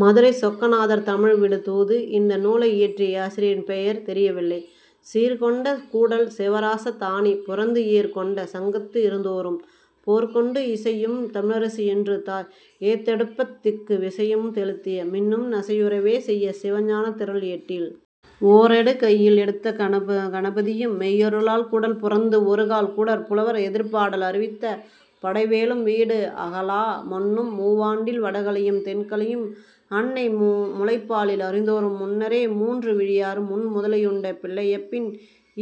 மதுரைச் சொக்கநாதர் தமிழ் விடு தூது இந்த நூலை இயற்றிய ஆசிரியரின் பெயர் தெரியவில்லை. சீர்கொண்ட கூடல் சிவராச தானி புரந்து ஏர் கொண்ட சங்கத்துஇருந்தோரும் போர்கொண்டு இசையும் தமிழரசி என்று ஏத்தெடுப்பத் திக்கு விசையம் செலுத்திய மின்னும் நசையுறவே செய்ய சிவஞானத் திரள் ஏட்டில் ஓரேடு கையில் எடுத்த கணபதியும் மெய்யருளால் கூடல் புரந்து ஒருகால் கூடற் புலவர்எதிர் பாடல் அறிவித்த படைவேளும் வீடு அகலா மன்னும் மூவாண்டில் வடகலையும் தென்கலையும் அன்னை முலைப்பாலில் அறிந்தோரும் முன்னரே மூன்று விழியார் முன் முதலையுண்ட பிள்ளையைப்பின்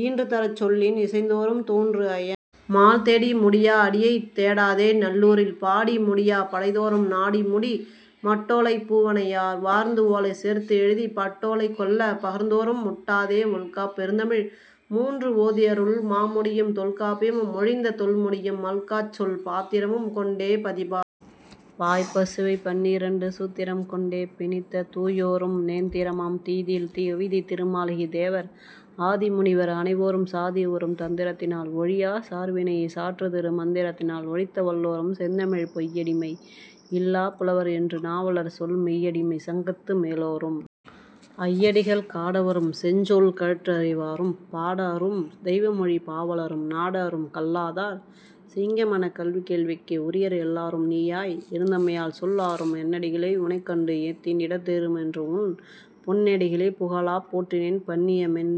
ஈன்றுதரச் சொல்லின் இசைந்தோரும் தோன்று அயன் மால் தேடி முடியா அடியைத் தேடாதே நல்லூரில் பாடி முடியாப் படைத்தோரும் நாடிமுடி மட்டோ லைப் பூவனையார் வார்ந்துஓலை சேர்த்துஎழுதிப் பட்டோ லை கொள்ளப் பகர்ந்தோரும் முட்டாதே ஒல்காப் பெருந்தமிழ் மூன்று ஓதியருள் மாமுனியும் தொல்காப்பியம் மொழிந்த தொல்முனியும் மல்காச் சொல் பாத்திரம் கொண்டே பதிபால் பாய் பசுவைப் பன்னிரண்டு சூத்திரம் கொண்டே பிணித்த தூயோரும் நேத்திரமாம் தீதில் கவிதைத் திருமாளிகைத் தேவர் ஆதி முனிவர் அனைவோரும் சாதி, உறும் தந்திரத்தினால் ஒழியாச் சார்வினையைச் சாற்றுதிரு மந்திரத்தினால் ஒழித்த வல்லோரும் செந்தமிழில் பொய்யடிமை இல்லாப் புலவர் என்று நாவலர்சொல் மெய்யடிமைச் சங்கத்து மேலோரும் ஐயடிகள் காடவரும் செஞ் சொல் கழறிற்றறிவாரும் பாடஅரும் தெய்வமொழிப் பாவலரும் நாடஅரும் கல்லாதார் சிங்கமெனக் கல்வி கேள்விக்கு உரியர் எல்லாரும் நீயாய் இருந்தமையால் சொல் ஆரும் என்னடிகளே உனைக்கண்டு ஏத்தின்இடர் தீருமென்றுஉன் பொன்னடிகளே புகலாப் போற்றினேன் பன்னியமென்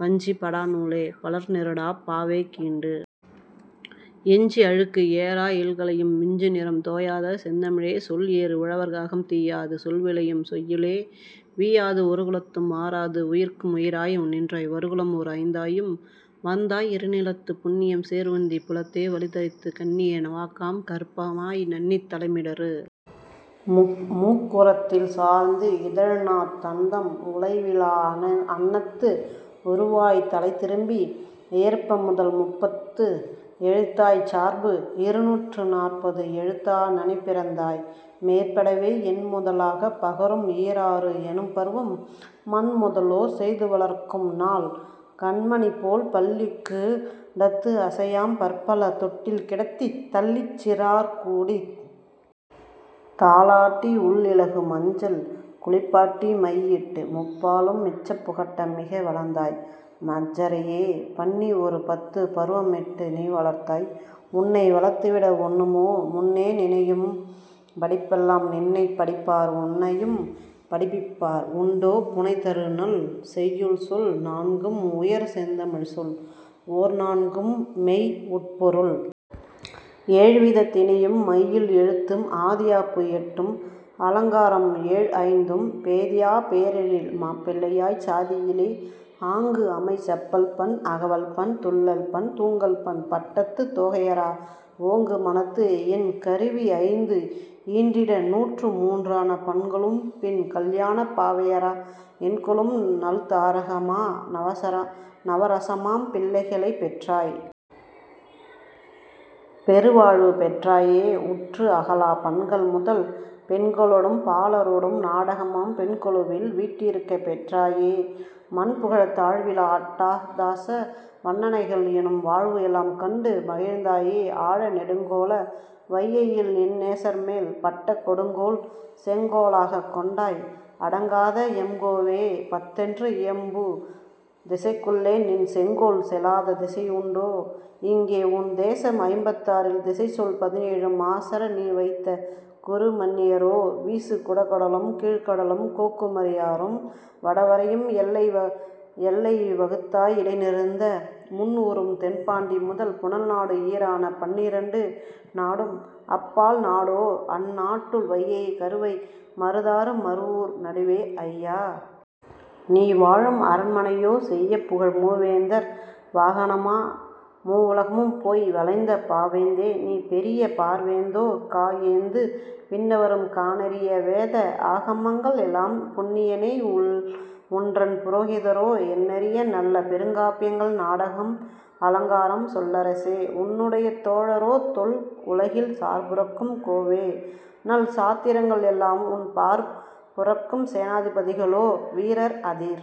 பஞ்சி படா நூலே பலர்நெருடாப் பாவே கீண்டு எஞ்சி அழுக்கு ஏறா இயல்கலையே விஞ்சுநிறம் தோயாத செந்தமிழே சொல்ஏர் உழவர் அகம் தீயாது சொல்விளையும் செய்யுளே வீயாது ஒருகுலத்தும் வாராது உயிர்க்கு உயிராய் நின்றாய் வருகுலம் ஓர் ஐந்தாயும் வந்தாய் இருநிலத்துப் புண்ணியம் சேர்உந்திப் புலத்தே வளிதரித்துக் கண்ணிய வாக்காம் கருப்பமாய் நண்ணித் தலைமிடறு மூக்குரத்தில் சார்ந்து இதழ்நாத் தந்தம் உலைவிலா அண்ணத்து உருவாய்த் தலைதிரும்பி ஏற்பமுதல் முப்பது எழுத்தாய்ச் சார்பு இருநூற்று நாற்பது எழுத்தா நனிபிறந்தாய் மேற்படவே எண்முதலாகப் பகரும் ஈராறு எனும்பருவம் மண்முதலோர் செய்துவளர்க்கும் நாள் கண்மணிபோல் பள்ளிக்கூ டத்து அசையாம் பற்பல தொட்டில் கிடத்தித் தள்ளிச் சிறார்கூடித் தாலாட்டி உள் இலகு மஞ்சள் குளிப்பாட்டி மையிட்டு முப்பாலும் மிஞ்சப் புகட்ட மிக வளர்ந்தாய் மஞ்சரையே பன்னிஒரு பத்துப் பருவமிட்டு நீவளர்த்தாய் உன்னை வளர்த்துவிட ஒண்ணுமோ முன்னே நினையும் படிப்பெல்லாம் நின்னைப் படிப்பார் உனையும் படிப்பிப்பார் உண்டோ புனைதருநல் செய்யுள்சொல் நான்கும்உயர் செந்தமிழ்ச்சொல் ஓர்நான்கும் மெய்உட்பொருள் ஏழ்விதத் திணையும் மையில் எழுத்து ஆதியாப்பு எட்டும் அலங்காரம் ஏழ்ஐந்தும் பேதியாப் பேரெழில் மாப்பிள்ளையாய்ச் சாதியிலே ஆங்குஅமை செப்பல்பண் அகவல்பண் துள்ளல்பண் தூங்கல்பண் பட்டத்துத் தோகையரா ஓங்குமனத்து எண் கருவி ஐந்துஈன்றிடு நூற்று மூன்றான பண்களும்பின் கல்யாணப் பாவையரா எண்கொளும் நல்தாரகமா நவரசமாம் பிள்ளைகளைப் பெற்றாய் பெருவாழ்வு பெற்றாயே உற்று அகலாப் பண்கள்முதல் பெண்களொடும் பாலரொடும் நாடகமாம் பெண்கொலுவில் வீற்றிருக்கப் பெற்றாயே மண்புகழத் தாழ்விலா அட்டாதச வன்னனைகள் எனும் வாழ்வுஎலாம் கண்டு மகிழ்ந்தாயே ஆழ நெடுங்கோல வையையில் என் நேசர்மேல் பட்ட கொடுங்கோல் செங்கோலாகக் கொண்டாய் அடங்காத எம்கோவே பத்தென்று இயம் பு திசைக்குள்ளே நின் செங்கோல் செலாத திசையுண்டோ இங்கே உன் தேசம் ஐம்பத்தாறில் திசைச்சொல் பதினேழும் மாசற நீ வைத்த குறுமன்னியரோ வீசு குடகடலும் கீழ்கடலும் கோக் குமரியாறும் வடவரையும் எல்லை வகுத்தாய் இடைஇருந்த முன்உறும் தென்பாண்டி முதல் புனல்நாடு ஈறான பன்னிரண்டு நாடும் அப்பால் நாடோ அந்நாட்டுள் வையை கருவை மருதாறு மருவூர் நடுவே ஐய! நீ வாழும் அரண்மனையோ செய்யபுகழ் மூ வேந்தர் வாகனமா மூவுலகும் போய் வளைந்த பாவேந்தே நீ பெரிய பார்வேந்தோ கா ஏந்து விண்ணவரும் காணரிய வேத ஆகமங்கள் எலாம் புண்ணியனே உன்றன் புரோகிதரோ எண்ணரிய நல்ல பெருங்காப்பியங்கள் நாடகம் அலங்காரம் சொல்லரசே உன்னுடைய தோழரோ தொல் உலகில் சார்புரக்கும் கோவே நல்சாத்திரங்கள் எல்லாம் உன் பார் புரக்கும் சேனாபதிகளோ வீரர் அதிர்।